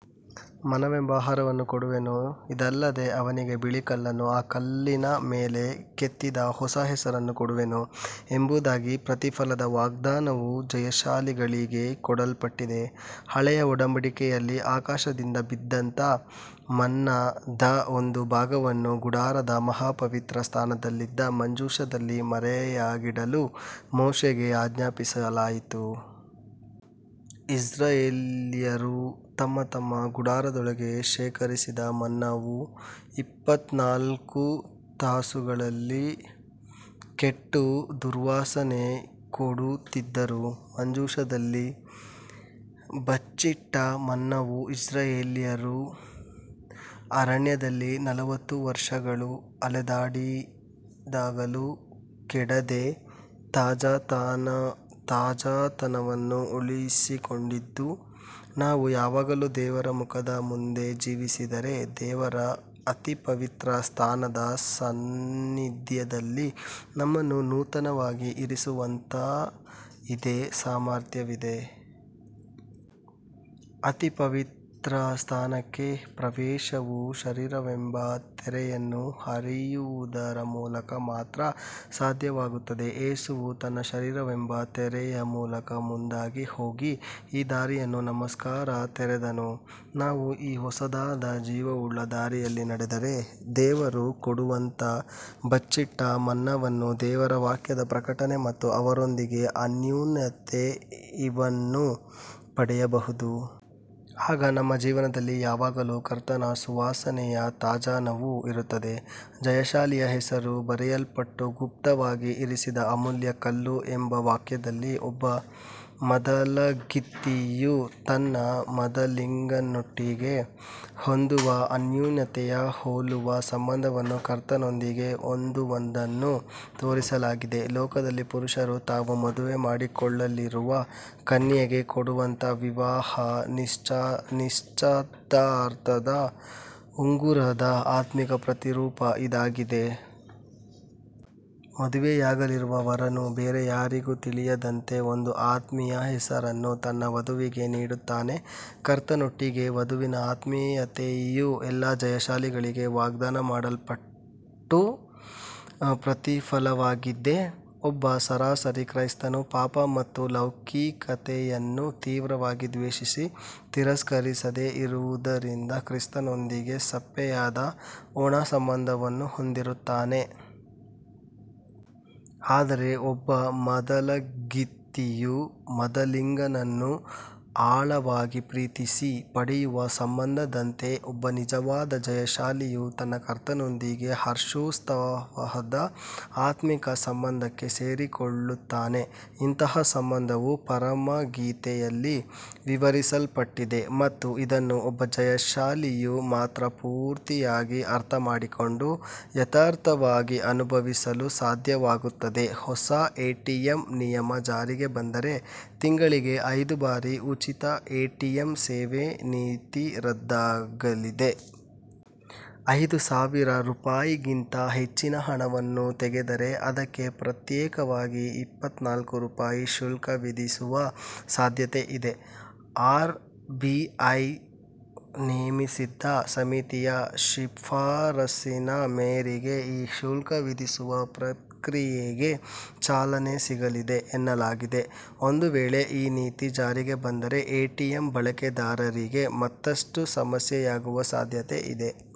ಮನ್ನವೆಂಬ ಆಹಾರವನ್ನು ಕೊಡುವೆನು; ಇದಲ್ಲದೆ ಅವನಿಗೆ ಬಿಳೀ ಕಲ್ಲನ್ನೂ, ಆ ಕಲ್ಲಿನ ಮೇಲೆ ಕೆತ್ತಿದ ಹೊಸ ಹೆಸರನ್ನೂ ಕೊಡುವೆನು," ಎಂಬುದಾಗಿ ಪ್ರತಿಫಲದ ವಾಗ್ದಾನವು ಜಯಶಾಲಿಗಳಿಗೆ ಕೊಡಲ್ಪಟ್ಟಿದೆ. ಹಳೆಯ ಒಡಂಬಡಿಕೆಯಲ್ಲಿ, ಆಕಾಶದಿಂದ ಬಿದ್ದಂತ "ಮನ್ನ"ದ ಒಂದು ಭಾಗವನ್ನು ಗುಡಾರದ ಮಹಾಪವಿತ್ರ ಸ್ಥಾನದಲ್ಲಿದ್ದ ಮಂಜೂಷದಲ್ಲಿ ಮರೆಯಾಗಿಡಲು ಮೋಶೆಗೆ ಆಜ್ಞಾಪಿಸಲಾಗಿತ್ತು. ಇಸ್ರಾಯೇಲ್ಯರು ತಮ್ಮ ತಮ್ಮ ಗುಡಾರದೊಳಗೆ ಶೇಖರಿಸಿದ ಮನ್ನವು ಇಪ್ಪತ್ನಾಲ್ಕು ತಾಸುಗಳಲ್ಲಿ ಕೆಟ್ಟು ದುರ್ವಾಸನೆ ಕೊಡುತ್ತಿದ್ದರೂ, ಮಂಜೂಷದಲ್ಲಿ "ಬಚ್ಚಿಟ್ಟ ಮನ್ನವು," ಇಸ್ರಾಯೇಲ್ಯರು ಅರಣ್ಯದಲ್ಲಿ ನಲವತ್ತು ವರ್ಷಗಳು ಅಲೆದಾಡಿದಾಗಲೂ ಕೆಡದೆ ತಾಜಾತನವನ್ನು ಉಳಿಸಿಕೊಂಡಿತ್ತು. ನಾವು ಯಾವಾಗಲೂ ದೇವರ ಮುಖದ ಮುಂದೆ ಜೀವಿಸಿದರೆ, ದೇವರ ಅತಿಪವಿತ್ರ ಸ್ಥಾನದ ಸಾನ್ನಿಧ್ಯದಲ್ಲಿ ನಮ್ಮನ್ನು ನೂತನವಾಗಿ ಇರಿಸುವಂತ ಇದೇ ಸಾಮರ್ಥ್ಯವಿದೆ. ಅತಿಪವಿತ್ರ ಸ್ಥಾನಕ್ಕೆ ಪ್ರವೇಶವು ಶರೀರವೆಂಬ ತೆರೆಯನ್ನು ಹರಿಯುವುದರ ಮೂಲಕ ಮಾತ್ರ ಸಾಧ್ಯವಾಗುತ್ತದೆ. ಯೇಸುವು ತನ್ನ ಶರೀರವೆಂಬ ತೆರೆಯ ಮೂಲಕ ಮುಂದಾಗಿ ಹೋಗಿ, ಈ ದಾರಿಯನ್ನು ನಮಗೋಸ್ಕರ ತೆರೆದನು. ನಾವು ಈ ಹೊಸದಾದ, ಜೀವವುಳ್ಳ ದಾರಿಯಲ್ಲಿ ನಡೆದರೆ, ದೇವರು ಕೊಡುವಂಥ 'ಬಚ್ಚಿಟ್ಟ ಮನ್ನ'ವನ್ನು ದೇವರ ವಾಕ್ಯದ ಪ್ರಕಟನೆ ಮತ್ತು ಅವರೊಂದಿಗೆ ಅನ್ಯೋನ್ಯತೆ ಇವನ್ನು ಪಡೆಯಬಹುದು. ಆಗ ನಮ್ಮ ಜೀವನದಲ್ಲಿ ಯಾವಾಗಲೂ ಕರ್ತನ ಸುವಾಸನೆಯ ತಾಜಾತನವು ಇರುತ್ತದೆ. 'ಜಯಶಾಲಿಯ ಹೆಸರು ಬರೆಯಲ್ಪಟ್ಟ ಗುಪ್ತವಾಗಿ ಇರಿಸಿದ ಅಮೂಲ್ಯ ಕಲ್ಲು' ಎಂಬ ವಾಕ್ಯದಲ್ಲಿ, ಒಬ್ಬ ಮದಲಗಿತ್ತಿಯು ತನ್ನ ಮದಲಿಂಗನೊಟ್ಟಿಗೆ ಹೊಂದುವ ಅನ್ಯೋನ್ಯತೆಗೆ ಹೋಲುವ ಸಂಬಂಧವನ್ನು ಕರ್ತನೊಂದಿಗೆ ಹೊಂದುವದನ್ನು ತೋರಿಸಲಾಗಿದೆ. ಲೋಕದಲ್ಲಿ ಪುರುಷರು ತಾವು ಮದುವೆ ಮಾಡಿಕೊಳ್ಳಲಿರುವ ಕನ್ಯೆಗೆ ಕೊಡುವಂತ "ವಿವಾಹ ನಿಶ್ಚಿತಾರ್ಥದ ಉಂಗುರದ" ಆತ್ಮಿಕ ಪ್ರತಿರೂಪ ಇದಾಗಿದೆ. ಮದುವೆಯಾಗಲಿರುವ ವರನು, ಬೇರೆ ಯಾರಿಗೂ ತಿಳಿಯದಂತ ಒಂದು ಆತ್ಮೀಯ ಹೆಸರನ್ನು ತನ್ನ ವಧುವಿಗೆ ನೀಡುತ್ತಾನೆ. ಕರ್ತನೊಟ್ಟಿಗೆ 'ವಧುವಿನ ಆತ್ಮೀಯತೆಯು' ಎಲ್ಲಾ ಜಯಶಾಲಿಗಳಿಗೆ ವಾಗ್ದಾನ ಮಾಡಲ್ಪಟ್ಟ ಪ್ರತಿಫಲವಾಗಿದೆ. ಒಬ್ಬ 'ಸರಾಸರಿ ಕ್ರೈಸ್ತನು' ಪಾಪ ಮತ್ತು ಲೌಕಿಕತೆಯನ್ನು ತೀವ್ರವಾಗಿ ದ್ವೇಷಿಸಿ ತಿರಸ್ಕರಿಸದೆ ಇರುವುದರಿಂದ, ಕ್ರಿಸ್ತನೊಂದಿಗೆ ಸಪ್ಪೆಯಾದ, ಒಣ ಸಂಬಂಧವನ್ನು ಹೊಂದಿರುತ್ತಾನೆ. ಆದರೆ ಒಬ್ಬ ಮದಲಗಿತ್ತಿಯು ಮದಲಿಂಗನನ್ನು ಆಳವಾಗಿ ಪ್ರೀತಿಸಿ ಪಡೆಯುವ ಸಂಬಂಧದಂತೆ, ಒಬ್ಬ ನಿಜವಾದ ಜಯಶಾಲಿಯು ತನ್ನ ಕರ್ತನೊಂದಿಗೆ ಹರ್ಷೋತ್ಸಾಹದ ಆತ್ಮಿಕ ಸಂಬಂಧಕ್ಕೆ ಸೇರಿಕೊಳ್ಳುತ್ತಾನೆ. ಇಂತಹ ಸಂಬಂಧವು "ಪರಮಗೀತೆ"ಯಲ್ಲಿ ವಿವರಿಸಲ್ಪಟ್ಟಿದೆ ಮತ್ತು ಇದನ್ನು ಒಬ್ಬ ಜಯಶಾಲಿಯು ಮಾತ್ರ ಪೂರ್ತಿಯಾಗಿ ಅರ್ಥ ಮಾಡಿಕೊಂಡು, ಯಥಾರ್ಥವಾಗಿ ಅನುಭವಿಸಲು ಸಾಧ್ಯವಾಗುತ್ತದೆ. ಹೊಸ ಎಟಿಎಂ ನಿಯಮ ಜಾರಿಗೆ ಬಂದರೆ, ತಿಂಗಳಿಗೆ ಐದು ಬಾರಿ ಉಚಿತ ಎಟಿಎಂ ಸೇವೆ ನೀತಿ ರದ್ದಾಗಲಿದೆ. ಐದು ಸಾವಿರ ರೂಪಾಯಿಗಿಂತ ಹೆಚ್ಚಿನ ಹಣವನ್ನು ತೆಗೆದರೆ ಅದಕ್ಕೆ ಪ್ರತ್ಯೇಕವಾಗಿ ಇಪ್ಪತ್ನಾಲ್ಕು ರೂಪಾಯಿ ಶುಲ್ಕ ವಿಧಿಸುವ ಸಾಧ್ಯತೆ ಇದೆ. ಆರ್ ಬಿಐ ನೇಮಿಸಿದ್ದ ಸಮಿತಿಯ ಶಿಫಾರಸಿನ ಮೇರೆಗೆ ಈ ಶುಲ್ಕ ವಿಧಿಸುವ ಪ್ರಕ್ರಿಯೆಗೆ ಚಾಲನೆ ಸಿಗಲಿದೆ ಎನ್ನಲಾಗಿದೆ. ಒಂದು ವೇಳೆ ಈ ನೀತಿ ಜಾರಿಗೆ ಬಂದರೆ ಎಟಿಎಂ ಬಳಕೆದಾರರಿಗೆ ಮತ್ತಷ್ಟು ಸಮಸ್ಯೆಯಾಗುವ ಸಾಧ್ಯತೆ ಇದೆ.